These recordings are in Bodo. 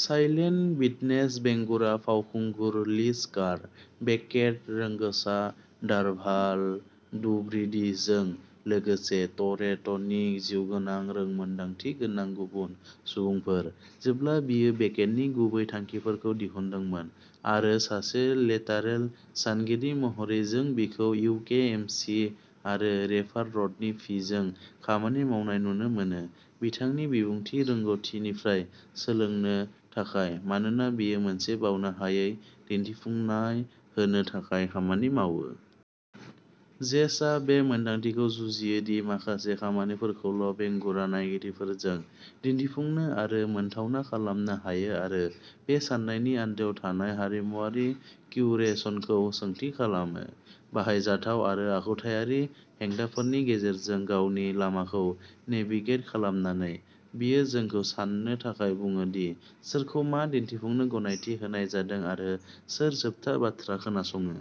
साइलेन्ट विटनेस बेंगुरा फावखुंगुर लिज कार, बेकेट रोंग'सा दारभाल टुब्रिडीजों लोगोसे टरेटनि जिउगोनां रोंमोनदांथि गोनां गुबुन सुबुंफोर, जेब्ला बियो बेकेटनि गुबै थांखिफोरखौ दिहुनदोंमोन। आरो सासे लेटारेल सानगिरि महरै जों बिखौ इउके एमसि आरो रेपार रडनि पिजों खामानि मावनाय नुनो मोनो, बिथांनि बिबुंथि रोंग'थिनिफ्राय सोलोंनो थाखाय, मानोना बियो मोनसे बावनो हायै दिन्थिफुंनाय होनो थाखाय खामानि मावो। जेसआ बे मोनदांथिखौ जुजियो दि माखासे खामानिफोरखौल' बेंगुरा नायगिरिफोरजों दिन्थिफुंनो आरो मोनथावना खालामनो हायो आरो बे साननायनि आन्दोआव थानाय हारिमुआरि क्यूरेशनखौ सोंथि खालामो। बाहायजाथाव आरो आखुथायारि हेंथाफोरनि गेजेरजों गावनि लामाखौ नेभिगेट खालामनानै, बियो जोंखौ सान्नो थाखाय बुङो दि सोरखौ मा दिन्थिफुंनो गनायथि होनाय जादों आरो सोर जोबथा बाथ्रा खोनासङो।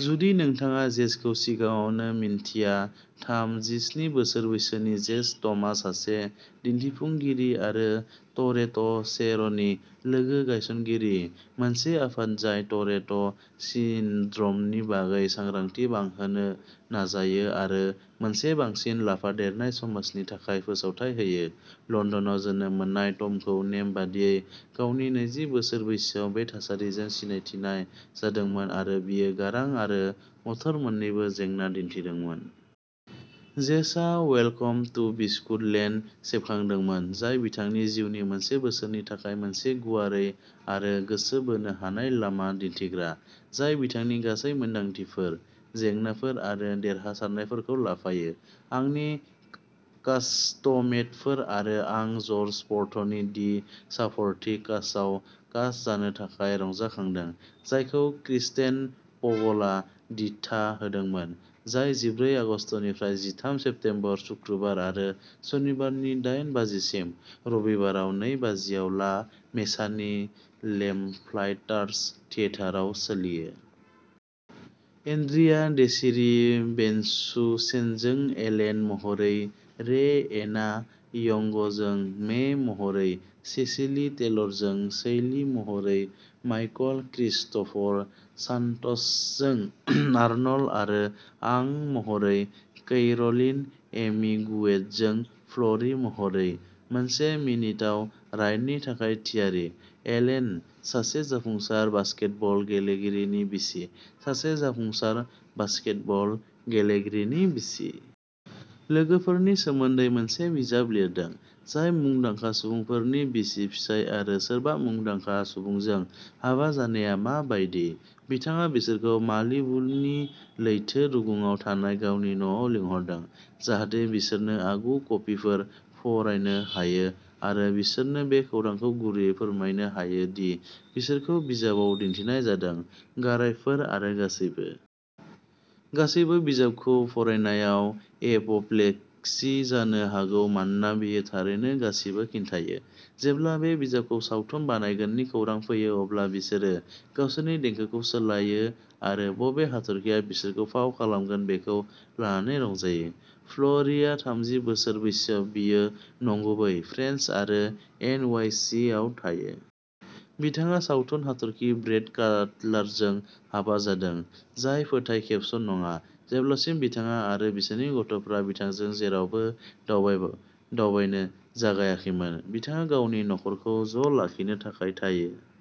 जुदि नोंथाङा जेसखौ सिगाङावनो मिन्थिया थामजिस्नि बोसोर बैसोनि जेस थमआ सासे दिन्थिफुंगिरि आरो टरेटशेर'नि लोगो-गायसनगिरि, मोनसे आफाद जाय टरेट सिन्ड्रमनि बागै सांग्रांथि बांहोनो नाजायो आरो मोनसे बांसिन लाफादेरनाय समाजनि थाखाय फोसावथाय होयो। लण्डनाव जोनोम मोननाय थ'मखौ नेम बायदियै गावनि नैजि बोसोर बैसोआव बे थासारिजों सिनायथिनाय जादोंमोन आरो बियो गारां आरो मटर मोन्नैबो जेंना दिन्थिदोंमोन। जेसआ वेलकम टु बिस्कुट लेन्ड सेबखांदोंमोन, जाय बिथांनि जिउनि मोनसे बोसोरनि थाखाय मोनसे गुवारै आरो गोसो बोनो हानाय लामा दिन्थिग्रा, जाय बिथांनि गासै मोनदांथिफोर, जेंनाफोर आरो देरहासारनायफोरखौ लाफायो। आंनि कास्टमेटफोर आरो आं जर्ज फर्थनि दि साप'र्टिं कास्टआव कास्ट जानो थाखाय रंजाखांदों, जायखौ क्रिस्टेन फगलआ दिथा होदोंमोन, जाय जिब्रै आगस्तनिफ्राय जिथाम सेप्तेम्बर शुक्रबार आरो सनिबारनि डाइन बाजिसिम, रबिबारआव नै बाजिआव ला मेसानि लैम्प्लाइटार्स थियेटारआव सोलियो। एन्ड्रिया डेसिरी बेनसुसेनजों एलेन महरै रे-एना यंगजों मे महरै, सेसिली टेलरजों सैली महरै, माइकल क्रिस्ट'फर शान्ट्जजों आर्नल्ड आरो आं महरै, कैर'लिन एमिगुएटजों फ्ल'री महरै। मोनसे मिनिथाव राइडनि थाखाय थियारि? एलेन, सासे जाफुंसार बास्केटबल गेलेगिरिनि बिसि, सासे जाफुंसार बास्केटबल गेलेगिरिनि बिसि। लोगोफोरनि सोमोन्दै मोनसे बिजाब लिरदों, जाय मुंदांखा सुबुंफोरनि बिसि-फिसाय आरो सोरबा मुंदांखा सुबुंजों हाबा जानाया मा बायदि। बिथाङा बिसोरखौ मालिबुनि लैथो रुगुंआव थानाय गावनि न'आव लिंहरदों, जाहाथे बिसोरनो आगु कपिफोर फरायनो हायो आरो बिसोरनो बे खौरांखौ गुरैयै फोरमायनो हायो दि बिसोरखौ बिजाबाव दिन्थिनाय जादों, गारायफोर आरो गासैबो। गासैबो बिजाबखौ फरायनायाव एप'प्लेक्सि जानो हागौ मानोना बेयो थारैनो गासिबो खिन्थायो। जेब्ला बे बिजाबखौ सावथुन बानायगोननि खौरां फैयो, अब्ला बिसोरो गावसोरनि देंखोखौ सोलायो आरो बबे हाथरखिआ बिसोरखौ फाव खालामगोन बेखौ लानानै रंजायो। फ्ल'रिआ थामजि बोसोर बैसोआव बियो नंगुबै, फ्रेन्स आरो एन वाइ सि आव थायो। बिथाङा सावथुन हाथरखि ब्रेड काटलारजों हाबा जादों, जाय फोथाय खेबस' नङा, जेब्लासिम बिथाङा आरो बिसोरनि गथ'फोरा बिथांजों जेरावबो दावबायनो जागायाखैमोन। बिथाङा गावनि नखरखौ ज' लाखिनो थाखाय थायो।